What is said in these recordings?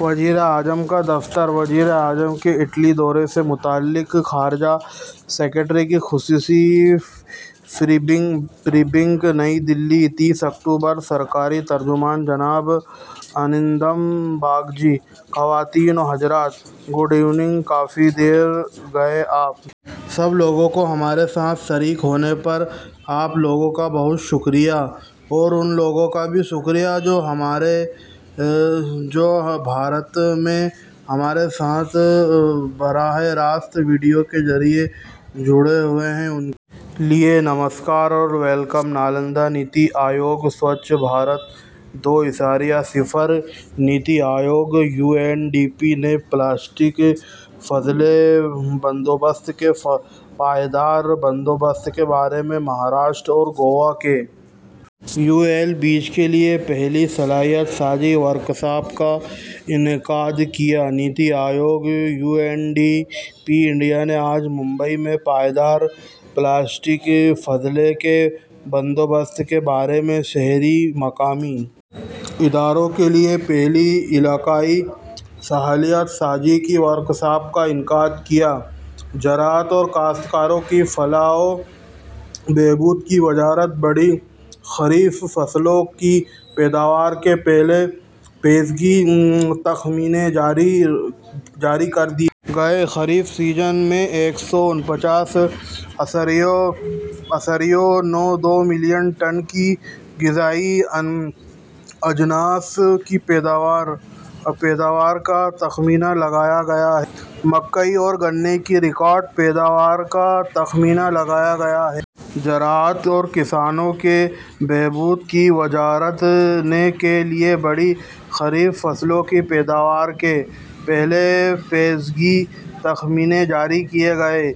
وزیراعظم کا دفتر وزیر اعظم کے اٹلی دورے سے متعلق خارجہ سکریٹری کی خصوصی بریفنگ نئی دہلی تیس اکتوبر سرکاری ترجمان جناب ارندم باگچی خواتین و حضرات گڈ ایوننگ کافی دیر گئے آپ سب لوگوں کا ہمارے ساتھ شریک ہونے پر آپ کا بہت شکریہ اور ان لوگوں کا بھی شکریہ جو بھارت میں ہمارے ساتھ براہ راست ویڈیو کے ذریعے جڑے ہوئے ہیں ان کے لیے نمسکار اور ویلکم نالندہ نیتی آیوگ سووچھ بھارت دو اشاریہ صفر NITI Aayog U N D P نے پلاسٹک فضلے کے بندوبست کے پائیدار بندوبست کے بارے میں مہاراشٹر اور گوا کے یو ایل بیز کے لیے پہلی صلاحیت سازی ورکشاپ کا انعقاد کیا NITI Aayog U N D P India نے آج ممبئی میں پائیدار پلاسٹک فضلے کے بندوبست کے بارے میں شہری مقامی اداروں کے لیے پہلی علاقائی صلاحیت سازی کی ورکشاپ کا انعقاد کیا زراعت اور کاشتکاروں کی فلاح و بہبود کی وزارت بڑی خریف فصلوں کی پیداوار کے پہلے پیشگی تخمینے جاری کر دیے گئے خریف سیزن میں ایک سو انچاس اشاریہ نو دو ملین ٹن کی غذائی اجناس کی پیداوار کا تخمینہ لگایا گیا ہے مکئی اور گنے کی ریکارڈ پیداوار کا تخمینہ لگایا گیا ہے زراعت اور کسانوں کے بہبود کی وزارت نے کے لیے بڑی خریف فصلوں کی پیداوار کے پہلے پیشگی تخمینے جاری کیے ہیں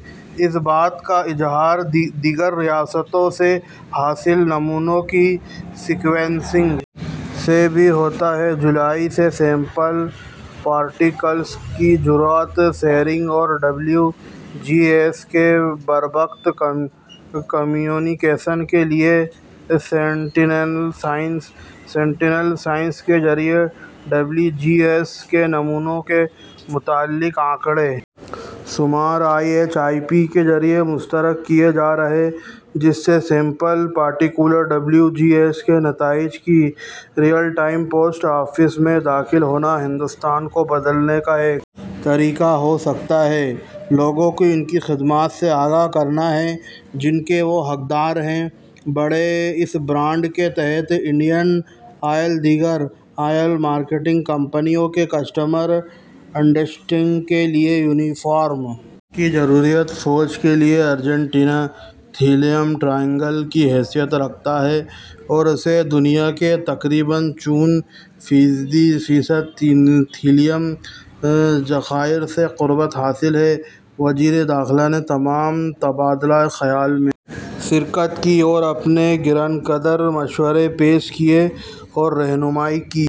اس بات کا اظہار دیگر ریاستوں سے حاصل نمونوں کی سیکوینسنگ سے بھی ہوتا ہے جولائی سے سیمپل پارٹیکولرس کی درست شیئرنگ اور ڈبلیو جی ایس کے بروقت کمیونیکیشن کے لیے سینٹینل سائٹس کے ذریعہ ڈبلیو جی ایس کے نمونوں سے متعلق اعداد و شمار آئی ایچ آئی پی کے ذریعہ مشترک کیے جا رہے ہیں جس سے sample particular W G S نتائج کی ریئل ٹائم پوسٹ آفس میں داخل ہونا ہندوستان کو بدلنے کا ایک طریقہ ہو سکتا ہے لوگوں کو ان خدمات سے آگاہ کرنا جن کے وہ حقدار ہیں بڑے اس برانڈ کے تحت انڈین آئل دیگر آئل مارکیٹنگ کمپنیوں کے کسٹمر اٹینڈنٹس کے لیے یونیفارم کی ضروریات فوج کے لیے ارجنٹینا لتھیم ٹرائینگ ل کی حیثیت رکھتا ہے اور اسے دنیا کے تقریباً چوون فیصد لتھیم ذخائر سے قربت حاصل ہے وزیر داخلہ نے تمام تبادلہ خیال میں شرکت کی اور اپنے گرانقدر مشورے پیش کیے اور رہنمائی کی